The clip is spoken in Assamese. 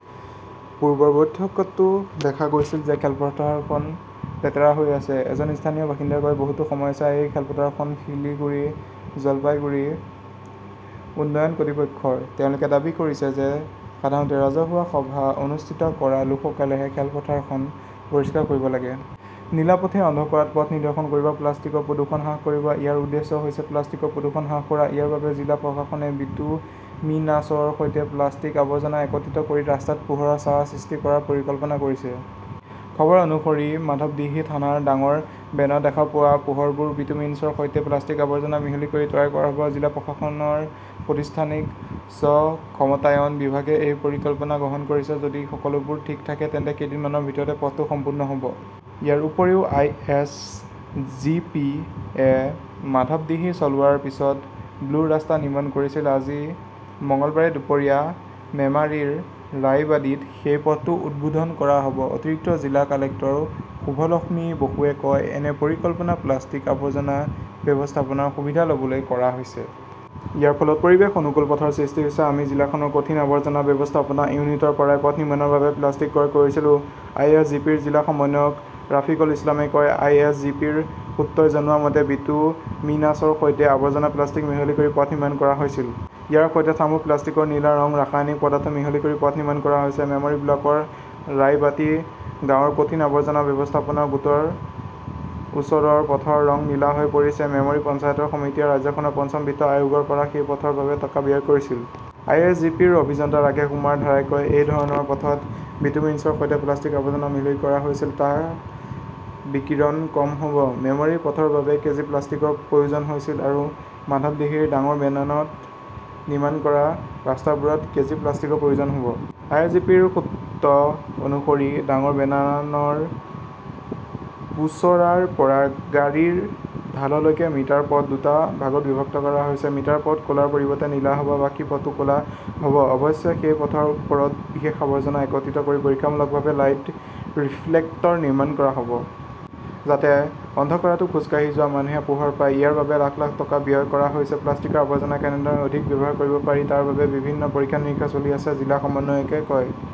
"পূৰ্বৰ বৈঠকতো দেখা গৈছিল যে খেলপথাৰখন লেতেৰা হৈ আছে", এজন স্থানীয় বাসিন্দাই কয়। বহুতো সমস্যা আছে। এই খেলপথাৰখন শিলিগুড়ি-জলপাইগুড়ি উন্নয়ন কৰ্তৃপক্ষৰ। তেওঁলোকে দাবী কৰিছে যে সাধাৰণতে ৰাজহুৱা সভা অনুষ্ঠিত কৰা লোকসকলেহে খেলপথাৰখন পৰিষ্কাৰ কৰিব লাগে। 'নীলা পথে' অন্ধকাৰত পথ প্ৰদৰ্শন কৰিব, প্লাষ্টিকৰ প্ৰদূষণ হ্ৰাস কৰিব।‌‌ ইয়াৰ উদ্দেশ্য হৈছে প্লাষ্টিকৰ প্ৰদূষণ হ্ৰাস কৰা। ইয়াৰ বাবে জিলা প্ৰশাসনে বিটুমিনাছৰ সৈতে প্লাষ্টিক-আৱৰ্জনা একত্ৰিত কৰি ৰাস্তাত পোহৰৰ ছাঁ সৃষ্টি কৰাৰ পৰিকল্পনা কৰিছে। খবৰ অনুসৰি, মাধৱদীহি থানাৰ ডাঙৰ বেনাৰত দেখা পোৱা পোহৰবোৰ বিটুমিনছৰ সৈতে প্লাষ্টিক-আৱৰ্জনা মিহলি কৰি তৈয়াৰ কৰা হ 'ব। জিলা প্ৰশাসনৰ প্ৰতিষ্ঠানিক স্ব-ক্ষমতায়ন বিভাগে এই পৰিকল্পনা গ্ৰহণ কৰিছে। যদি সকলোবোৰ ঠিক থাকে, তেন্তে কেইদিনমানৰ ভিতৰতে পথটো সম্পূৰ্ণ হ'ব। ইয়াৰ উপৰিও, আই. এছ. জি. পি. -য়ে মাধৱদীহি চলোৱাৰ পিছত 'ব্লু ৰাস্তা' নিৰ্মাণ কৰিছিল। আজি, মঙলবাৰে দুপৰীয়া মেমাৰীৰ ৰায়বাদীত সেই পথটো উদ্বোধন কৰা হ'ব। অতিৰিক্ত জিলা কালেক্টৰ শুভলক্ষ্মী বসুৱে কয়, "এনে পৰিকল্পনা প্লাষ্টিক-আৱৰ্জনা ব্যৱস্থাপনাৰ সুবিধা ল'বলৈ কৰা হৈছে। ইয়াৰ ফলত পৰিৱেশ অনুকূল পথৰ সৃষ্টি হৈছে। আমি জিলাখনৰ কঠিন আৱৰ্জনা ব্যৱস্থাপনা ইউনিটৰ পৰাই পথ নিৰ্মাণৰ বাবে প্লাষ্টিক ক্ৰয় কৰিছিলো"। আইএছজিপিৰ জিলা সমন্বয়ক ৰাফিকল ইছলামে কয়, "আই. এছ. জি. পি. -ৰ সূত্ৰই জনোৱা মতে, বিটুমিনাছৰ সৈতে আৱৰ্জনা-প্লাষ্টিক মিহলি কৰি পথ নিৰ্মাণ কৰা হৈছিল। ইয়াৰ সৈতে থাৰ্মো-প্লাষ্টিকৰ নীলা ৰং, ৰাসায়নিক পদাৰ্থ মিহলি কৰি পথ নিৰ্মাণ কৰা হৈছে"। মেমৰী ব্লকৰ ৰায়বাটি গাঁৱৰ কঠিন আৱৰ্জনা ব্যৱস্থাপনা গোটৰ ওচৰৰ পথৰ ৰং নীলা হৈ পৰিছে। মেমৰি পঞ্চায়ত সমিতিয়ে ৰাজ্যখনৰ পঞ্চম বিত্ত আয়োগৰ পৰা সেই পথৰ বাবে টকা ব্যয় কৰিছিল। আই. এছ. জি. পি. -ৰ অভিযন্তা ৰাকেশ কুমাৰ ধাৰাই কয়, "এই ধৰণৰ পথত বিটুমিনছৰ সৈতে প্লাষ্টিকৰ আৱৰ্জনা মিহলি কৰা হৈছিল। " তাপ-বিকিৰণ কম হ'ব। মেমৰীৰ পথৰ বাবে কেজি প্লাষ্টিকৰ প্ৰয়োজন হৈছিল। আৰু মাধৱদীহিৰ ডাঙৰ বেনানত নিৰ্মাণ কৰা ৰাস্তাবোৰত কেজি প্লাষ্টিকৰ প্ৰয়োজন হ'ব। আই. এছ. জি. পি. -ৰ সূত্ৰ অনুসৰি, ডাঙৰ বেনানৰ পোচৰাৰ পৰা ঘড়ীৰ ঢাললৈকে মিটাৰ পথ দুটা ভাগত বিভক্ত কৰা হৈছে। মিটাৰ পথ ক'লাৰ পৰিৱৰ্তে নীলা হ'ব। বাকী পথটো ক'লা হ'ব। অৱশ্যে, সেই পথৰ ওপৰত বিশেষ আৱৰ্জনা একত্ৰিত কৰি পৰীক্ষামূলকভাৱে 'লাইট ৰিফ্লেক্টৰ' নিৰ্মাণ কৰা হ'ব। যাতে অন্ধকাৰতো খোজ কাঢ়ি যোৱা মানুহে পোহৰ পায়। ইয়াৰ বাবে প্ৰায় লাখ লাখ টকা ব্যয় কৰা হৈছে। "প্লাষ্টিকৰ আৱৰ্জনা কেনেদৰে অধিক ব্যৱহাৰ কৰিব পাৰি তাৰ বাবে বিভিন্ন পৰীক্ষা-নিৰীক্ষা চলি আছে", জিলাৰ সমন্বয়কে কয়।